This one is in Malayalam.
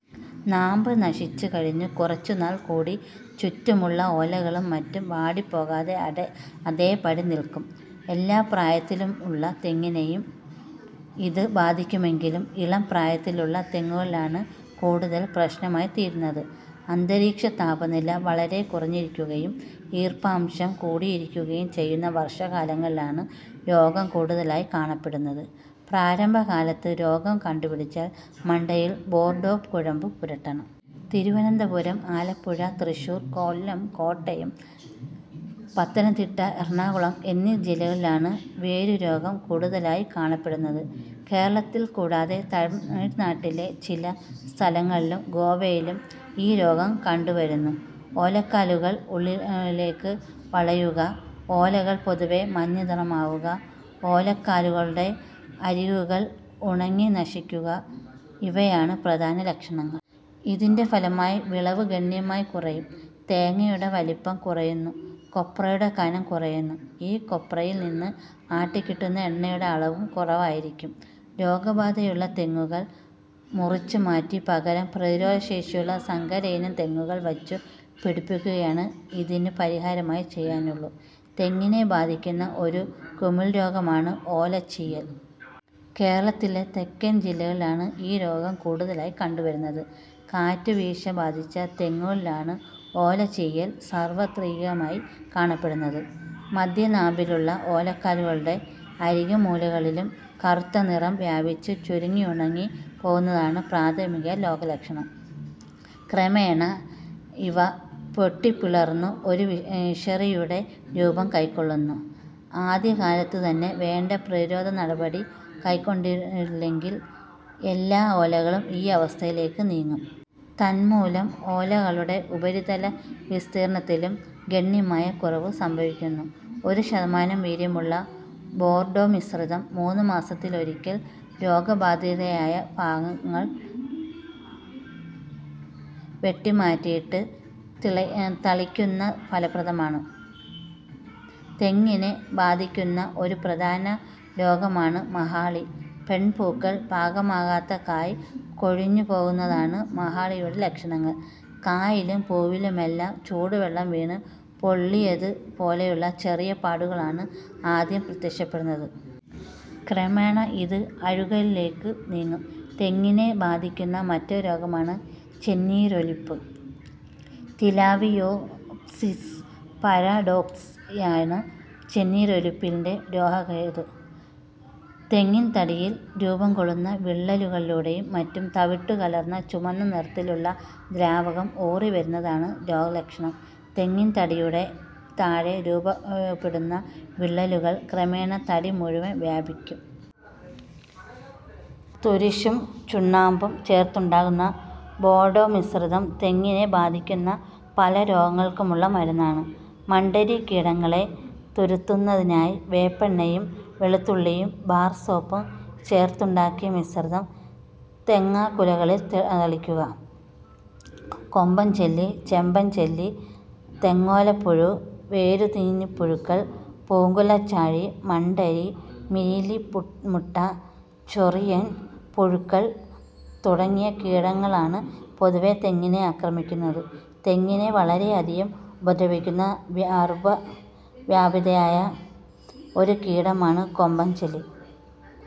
നാമ്പ് നശിച്ച് കഴിഞ്ഞു കുറച്ചുനാൾ കൂടി ചുറ്റുമുള്ള ഓലകളും മറ്റും വാടിപ്പോകാതെ അതേപടി നിൽക്കും. എല്ലാ പ്രായത്തിലുള്ള തെങ്ങിനേയും ഇത് ബാധിക്കുമെങ്കിലും ഇളംപ്രായത്തിലുള്ള തെങ്ങുകളിലാണ് കൂടുതൽ പ്രശ്നമായി തീരുന്നത്. അന്തരീക്ഷതാപനില വളരെ കുറഞ്ഞിരിയ്ക്കുകയും ഈർപ്പാംശം കൂടിയിരിക്കുകയും ചെയ്യുന്ന വർഷക്കാലങ്ങളിലാണ് രോഗം കൂടുതലായി കാണപ്പെടുന്നത്. പ്രാരംഭകാലത്ത് രോഗം കണ്ടുപിടിച്ചാൽ മണ്ടയിൽ ബോർഡോ കുഴമ്പ് പുരട്ടണം. തിരുവനന്തപുരം, ആലപ്പുഴ, തൃശ്ശൂർ, കൊല്ലം, കോട്ടയം, പത്തനംതിട്ട, എറണാകുളം എന്നീ ജില്ലകളിലാണ് വേരുരോഗം കൂടുതലായി കാണപ്പെടുന്നത്. കേരളത്തിൽ കൂടാതെ തമിഴ്നാടിലെ ചില സ്ഥലങ്ങളിലും, ഗോവയിലും ഈ രോഗം കണ്ടു വരുന്നു. ഓലക്കാലുകൾ ഉള്ളിലേയ്ക്ക് വളയുക, ഓലകൾ പൊതുവെ മഞ്ഞനിറമാവുക, ഓലക്കാലുകളുടെ അരികുകൾ ഉണങ്ങിനശിക്കുക ഇവയാണ് പ്രധാന ലക്ഷണങ്ങൾ. ഇതിന്റെ ഫലമായി വിളവ് ഗണ്യമായി കുറയും. തേങ്ങയുടെ വലിപ്പം കുറയുന്നു. കൊപ്രയുടെ കനം കുറയുന്നു. ഈ കൊപ്രയിൽ നിന്ന് ആട്ടിക്കിട്ടുന്ന എണ്ണയുടെ അളവും കുറവായിരിയ്ക്കും. രോഗബാധയുള്ള തെങ്ങുകൾ മുറിച്ച് മാറ്റി പകരം പ്രതിരോധശേഷിയുള്ള സങ്കരയിനം തെങ്ങുകൽ വച്ചു പിടിപ്പിക്കുകയാണ് ഇതിന് പരിഹാരമായി ചെയ്യാനുള്ളൂ. തെങ്ങിനെ ബാധിയ്ക്കുന്ന ഒരു കുമിൾ രോഗമാണ് ഓലചീയൽ. കേരളത്തിലെ തെക്കൻ ജില്ലകളിലാണ് ഈ രോഗം കൂടുതലായി കണ്ടുവരുന്നത്. കാറ്റുവീഴ്ച ബാധിച്ച തെങ്ങുകളിലാണ് ഓലചീയൽ സാർവ്വത്രികമായി കാണപ്പെടുന്നത്. മദ്ധ്യനാമ്പിലുള്ള ഓലക്കാലുകളുടെ അരികും മൂലകളിലും കറുത്തനിറം വ്യാപിച്ച് ചുരുങ്ങിയുണങ്ങി പോകുന്നതാണ് പ്രാഥമിക രോഗലക്ഷണം. ക്രമേണ ഇവ പൊട്ടിപ്പിളർന്നു ഒരു വിശറിയുടെ രൂപം കൈക്കൊള്ളുന്നു. ആദ്യകാലത്ത് തന്നെ വേണ്ട പ്രതിരോധനടപടി കൈക്കൊണ്ടില്ലെങ്കിൽ എല്ലാ ഓലകളും ഈ അവസ്ഥയിലേയ്ക്ക് നീങ്ങും. തന്മൂലം ഓലകളുടെ ഉപരിതല വിസ്തീർണ്ണത്തിനും ഗണ്യമായ കുറവ് സംഭവിക്കുന്നു. ഒരു ശതമാനം വീര്യമുള്ള ബോർഡോമിശ്രിതം മൂന്നുമാസത്തിലൊരിയ്ക്കൽ രോഗബാധിതമായ ഭാഗങ്ങൾ വെട്ടിമാറ്റിയിട്ട് തളിയ്ക്കുന്ന ഫലപ്രദമാണ്. തെങ്ങിനെ ബാധിയ്ക്കുന്ന ഒരു പ്രധാന രോഗമാണ് മഹാളി. പെൺപൂക്കൾ, പാകമാകാത്ത കായ് കൊഴിഞ്ഞുപോകുന്നതാണ് മഹാളിയുടെ ലക്ഷണങ്ങൾ. കായിലും പൂവിലുമെല്ലാം ചൂടുവെള്ളം വീണ് പൊള്ളിയത് പോലെയുള്ള ചെറിയ പാടുകളാണ് ആദ്യം പ്രത്യക്ഷപ്പെടുന്നത്. ക്രമേണ ഇത് അഴുകലിലേയ്ക്ക് നീങ്ങും. തെങ്ങിനെ ബാധിക്കുന്ന മറ്റൊരു രോഗമാണ് ചെന്നീരൊലിപ്പ്. തിലാവിയോപ്സിസ് പാരഡോക്സ് യാണ് ചെന്നീരൊലിപ്പിന്റെ രോഗഹേതു. തെങ്ങിൻ തടിയിൽ രൂപം കൊള്ളുന്ന വിള്ളലുകളിലൂടെയും മറ്റും തവിട്ടു കലർന്ന ചുവന്ന നിറത്തിലുള്ള ദ്രാവകം ഊറിവരുന്നതാണ് രോഗലക്ഷണം. തെങ്ങിൻ തടിയുടെ താഴെ രൂപപ്പെടുന്ന വിള്ളലുകൾ ക്രമേണ തടി മുഴുവൻ വ്യാപിക്കും. തുരിശും ചുണ്ണാമ്പും ചേർത്തുണ്ടാക്കുന്ന ബോഡോ മിശ്രിതം തെങ്ങിനെ ബാധിക്കുന്ന പല രോഗങ്ങൾക്കുമുള്ള മരുന്നാണ്. മണ്ഡരി കീടങ്ങളെ തുരത്തുന്നതിനായി വേപ്പെണ്ണയും വെളുത്തുള്ളിയും ബാർ സോപ്പും ചേർത്തുണ്ടാക്കിയ മിശ്രിതം തേങ്ങാക്കുലകളിൽ തളിക്കുന്നു. കൊമ്പൻ ചെല്ലി, ചെമ്പൻ ചെല്ലി, തെങ്ങോലപ്പുഴു, വേരുതീനിപ്പുഴുക്കൾ, പൂങ്കുലച്ചാഴി, മണ്ഡരി, മീലിമൂട്ട, ചൊറിയൻ പുഴുക്കൾ തുടങ്ങിയ കീടങ്ങളാണ് പൊതുവേ തെങ്ങിനെ ആക്രമിക്കുന്നത്. തെങ്ങിനെ വളരെയധികം ഉപദ്രവിക്കുന്ന വർവ്വ വ്യാപിയായ ഒരു കീടമാണ് കൊമ്പൻ ചെല്ലി.